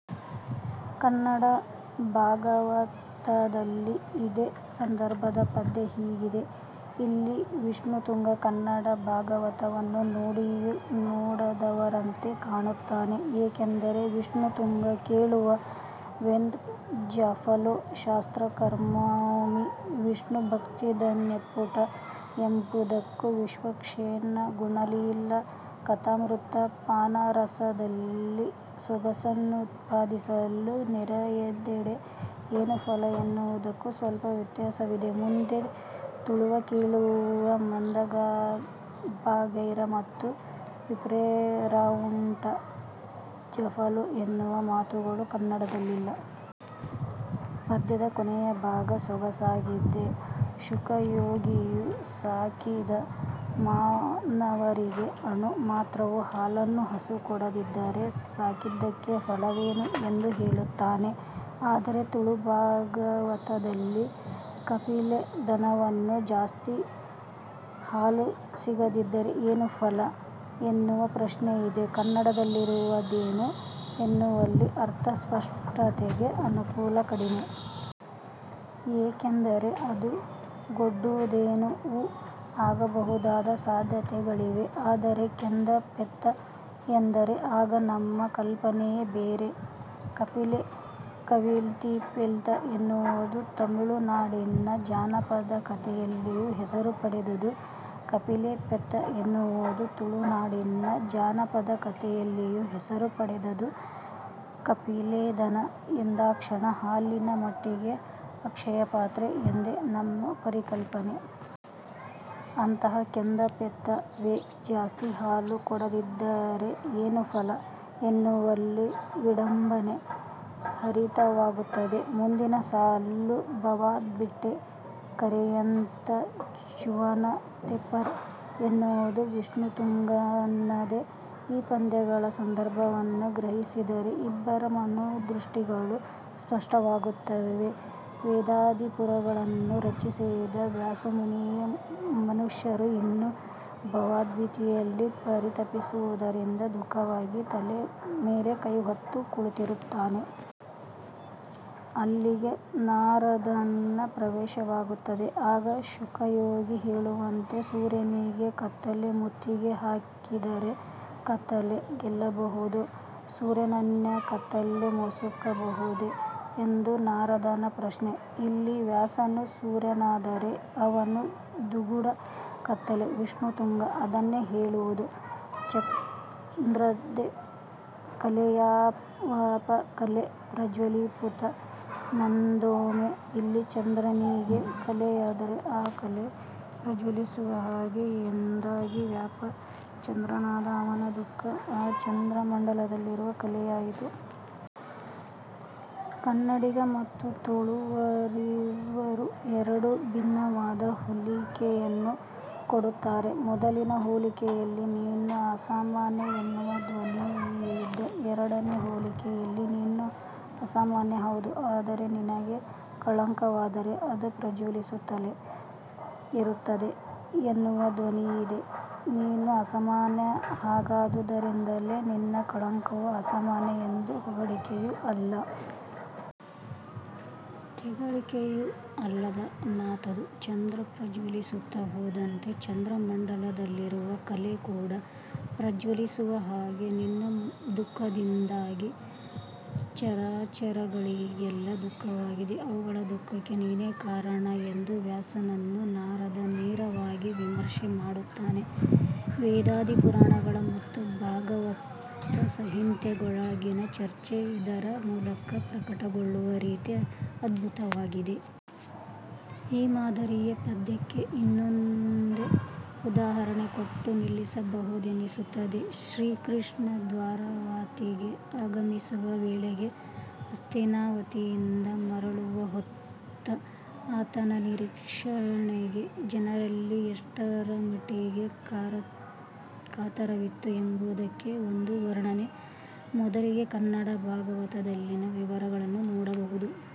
ಕನ್ನಡ ಭಾಗವತದಲ್ಲಿ ಇದೇ ಸಂದರ್ಭದ ಪದ್ಯ ಹೀಗಿದೆ. ಇಲ್ಲಿ ವಿಷ್ಣುತುಂಗ ಕನ್ನಡ ಭಾಗವತವನ್ನು ನೋಡಿಯೂ ನೋಡದವರಂತೆ ಕಾಣುತ್ತಾನೆ. ಏಕೆಂದರೆ ವಿಷ್ಣು ತುಂಗ ಕೇಳುವ 'ವೆಂದ್ ಜಾಫಲೊ ಶಾಸ್ತ್ರಕರ್ಮೊಮಿ ವಿಷ್ಣುಭಕ್ತಿದನೆಪ್ಪುಟಾ ಎಂಬುದಕ್ಕೂ ವಿಷ್ಪಕ್ಷೇನ ಗುಣಲೀಲಾ ಕಥಾಮೃತ ಪಾನರಸದಲಿ ಸೊಗಸನುತ್ಪಾದಿಸಲು ನೆರೆಯದೆಡೆ-ಏನು ಫಲ ಎನ್ನುವುದಕ್ಕೂ ಸ್ವಲ್ಪ ವ್ಯತ್ಯಾಸವಿದೆ. ಮುಂದೆ ತುಳುವ ಕೇಳುವ ಮಂದಭಾಗೈರ್ ಮತ್ತು ವಿಪ್ರೆರಾವುಂಟ ಜಾಫಲೋ ಎನ್ನುವ ಮಾತುಗಳು ಕನ್ನಡದಲ್ಲಿಲ್ಲ. ಪದ್ಯದ ಕೊನೆಯ ಭಾಗ ಸೊಗಸಾಗಿದೆ. ಶುಕಯೋಗಿಯು ಸಾಕಿದ ಮಾನವರಿಗೆ ಅಣು ಮಾತ್ರವೂ ಹಾಲನ್ನೂ ಹಸು ಕೊಡದಿದ್ದರೆ ಸಾಕಿದ್ದಕ್ಕೆ ಫಲವೇನು ಎಂದು ಕೇಳುತ್ತಾನೆ. ಆದರೆ ತುಳುಭಾಗವತದಲ್ಲಿ 'ಕಪಿಲೆ ದನವನ್ನು ಸಾಕಿ ಜಾಸ್ತಿ ಹಾಲು ಸಿಗದಿದ್ದರೆ ಏನು ಫಲ? ಎನ್ನುವ ಪ್ರಶ್ನೆಯಿದೆ. ಕನ್ನಡದಲ್ಲಿರುವ 'ಧೇನು' ಎನ್ನುವಲ್ಲಿ ಅರ್ಥ ಸ್ಪಷ್ಟತೆಗೆ ಅನುಕೂಲ ಕಡಿಮೆ. ಏಕೆಂದರೆ ಅದು 'ಗೊಡ್ಡುಧೇನು'ವೂ ಆಗಬಹುದಾದ ಸಾಧ್ಯತೆಗಳಿವೆ. ಆದರೆ 'ಕೆಂದ ಪೆತ್ತ' ಎಂದರೆ ಆಗ ನಮ್ಮ ಕಲ್ಪನೆಯೇ ಬೇರೆ 'ಕಪಿಲೆ', 'ಕವಿಲ್ತಿಪೆತ್ತ' ಎನ್ನುವುದು ತುಳುನಾಡಿನ ಜಾನಪದ ಕತೆಯಲ್ಲಿಯೂ ಹೆಸರು ಪಡೆದುದು. 'ಕಪಿಲೆ ಪೆತ್ತ' ಎನ್ನುವುದು ತುಳುನಾಡಿನ ಜಾನಪದ ಕತೆಯಲ್ಲಿಯೂ ಹೆಸರು ಪಡೆದುದು. 'ಕಪಿಲೆದನ' ಎಂದಾಕ್ಷಣ ಹಾಲಿನ ಮಟ್ಟಿಗೆ ಅಕ್ಷಯಪಾತ್ರೆ ಎಂದೇ ನಮ್ಮ ಪರಿಕಲ್ಪನೆ. ಅಂತಹ 'ಕೆಂದ ಪೆತ್ತ' ವೇ ಜಾಸ್ತಿ ಹಾಲು ಕೊಡದಿದ್ದರೆ ಏನು ಫಲ? ಎನ್ನುವಲ್ಲಿ ವಿಡಂಬನೆ ಹರಿತವಾಗುತ್ತದೆ. ಮುಂದಿನ ಸಾಲು 'ಭವಾಬ್ದೀಟೇ ಕರೆಯಂತ್ಯ ಚೂವನತೇಪ್ಪರ್' ಎನ್ನುವುದೂ ವಿಷ್ಣುತುಂಗನದೇ. ಈ ಪದ್ಯಗಳ ಸಂದರ್ಭವನ್ನು ಗ್ರಹಿಸಿದರೆ ಇಬ್ಬರ ಮನೋದೃಷ್ಟಿಗಳು ಸ್ಪಷ್ಟವಾಗುತ್ತವೆ. ವೇದಾದಿಪುರಾಣಗಳನ್ನು ರಚಿಸಿದ ವ್ಯಾಸಮುನಿಗೆ ಮನುಷ್ಯರು ಇನ್ನೂ ಭವಾಬ್ಧಿಯಲ್ಲಿ ಪರಿತಪಿಸುವುದರಿಂದ ದುಃಖವಾಗಿ ತಲೆ ಮೇಲೆ ಕೈ ಹೊತ್ತು ಕುಳಿತಿರುತ್ತಾನೆ. ಅಲ್ಲಿಗೆ ನಾರದನ ಪ್ರವೇಶವಾಗುತ್ತದೆ. ಆಗ ಶುಕಯೋಗಿ ಹೇಳುವಂತೆ 'ಸೂರ್ಯನಿಗೆ ಕತ್ತಲೆ ಮುತ್ತಿಗೆ ಹಾಕಿದರೆ ಕತ್ತಲೆ ಗೆಲ್ಲಬಹುದೋ''ಸೂರ್ಯನನ್ನೇ ಕತ್ತಲೆ ಮುಸುಕಬಹುದೇ ಎಂದು ನಾರದನ ಪ್ರಶ್ನೆ. ಇಲ್ಲಿ ವ್ಯಾಸನು ಸೂರ್ಯನಾದರೆ ಅವನು ದುಗುಡ ಕತ್ತಲೆ. ವಿಷ್ಣು ತುಂಗ ಅದನ್ನೇ ಹೇಳುವುದು ಚಂದ್ರಕೇ ಕಲೆಯಾವಪಾ ಕಲೆ ಪ್ರಜ್ವಲೀಪುಕ್ ಣಂದೊಮೆ' ಇಲ್ಲಿ ಚಂದ್ರನಿಗೇ ಕಲೆಯಾದರೆ ಆ ಕಲೆ ಪ್ರಜ್ವಲಿಸುವ ಹಾಗೆ ಎಂದಾಗಿ ವ್ಯಾಸ ಚಂದ್ರನಾದ ಅವನ ದುಃಖ ಆ ಚಂದ್ರಮಂಡದಲ್ಲಿರುವ ಕಲೆಯಾಯಿತು. ಕನ್ನಡಿಗ ಮತ್ತು ತುಳುವರೀರ್ವರು ಎರಡು ಭಿನ್ನವಾದ ಹೋಲಿಕೆಯನ್ನು ಕೊಡುತ್ತಾರೆ. ಮೊದಲಿನ ಹೋಲಿಕೆಯಲ್ಲಿ ನೀನು ಅಸಾಮಾನ್ಯ ಎನ್ನುವ ಧ್ವನಿಯಿದ್ದರೆ ಎರಡನೇ ಹೋಲಿಕೆಯಲ್ಲಿ ನೀನು ಅಸಾಮಾನ್ಯ ಹೌದು. ಆದರೆ ನಿನಗೆ ಕಳಂಕವಾದರೆ ಅದು ಪ್ರಜ್ವಲಿಸುತ್ತಲೇ ಇರುತ್ತದೆ ಎನ್ನುವ ಧ್ವನಿಯಿದೆ. ನೀನು ಅಸಾಮಾನ್ಯ, ಹಾಗಾದುದರಿಂದಲೇ ನಿನ್ನ ಕಳಂಕವೂ ಅಸಾಮಾನ್ಯ ಎಂದು ಹೊಗಳಿಕೆಯೂ ಅಲ್ಲ. ತೆಗಳಿಕೆಯೂ ಅಲ್ಲದ ಮಾತದು. ಚಂದ್ರ ಪ್ರಜ್ವಲಿಸುತ್ತಾ ಹೋದಂತೆ ಚಂದ್ರಮಂಡಲದಲ್ಲಿರುವ ಕಲೆ ಕೂಡಾ ಪ್ರಜ್ವಲಿಸುವ ಹಾಗೆ ನಿನ್ನ ದುಃಖದಿಂದಾಗಿ ಚರಾಚರಗಳಿಗೆಲ್ಲ ದುಃಖವಾಗಿದೆ. ಅವುಗಳ ದುಃಖಕ್ಕೆ ನೀನೇ ಕಾರಣ ಎಂದು ವ್ಯಾಸನನ್ನು ನಾರದ ನೇರವಾಗಿ ವಿಮರ್ಶೆ ಮಾಡುತ್ತಾನೆ. ವೇದಾದಿ ಪುರಾಣಗಳ ಮತ್ತು ಭಾಗವತ ಸಂಹಿತೆಗಳೊಳಗಿನ ಚರ್ಚೆ ಇದರ ಮೂಲಕ ಪ್ರಕಟಗೊಳ್ಳುವ ರೀತಿ ಅದ್ಭುತವಾಗಿದೆ. ಈ ಮಾದರಿಯ ಪದ್ಯಕ್ಕೆ ಇನ್ನೊಂದೇ ಉದಾಹರಣೆ ಕೊಟ್ಟು ನಿಲ್ಲಿಸಬಹುದೆನಿಸುತ್ತದೆ. ಶ್ರೀ ಕೃಷ್ಣ ದ್ವಾರಾವತಿಗೆ ಆಗಮಿಸುವ ವೇಳೆಗೆ ಹಸ್ತಿನಾವತಿಯಿಂದ ಮರಳುವ ಹೊತ್ತ ಆತನ ನಿರೀಕ್ಷಣೆಗೆ ಜನರಲ್ಲಿ ಎಷ್ಟರಮಟ್ಟಿಗೆ ಕಾತರವಿತ್ತು ಎಂಬುದಕ್ಕೆ ಒಂದು ವರ್ಣನೆ. ಮೊದಲಿಗೆ ಕನ್ನಡ ಭಾಗವತದಲ್ಲಿಯ ವಿವರಗಳನ್ನು ನೋಡಬಹುದು.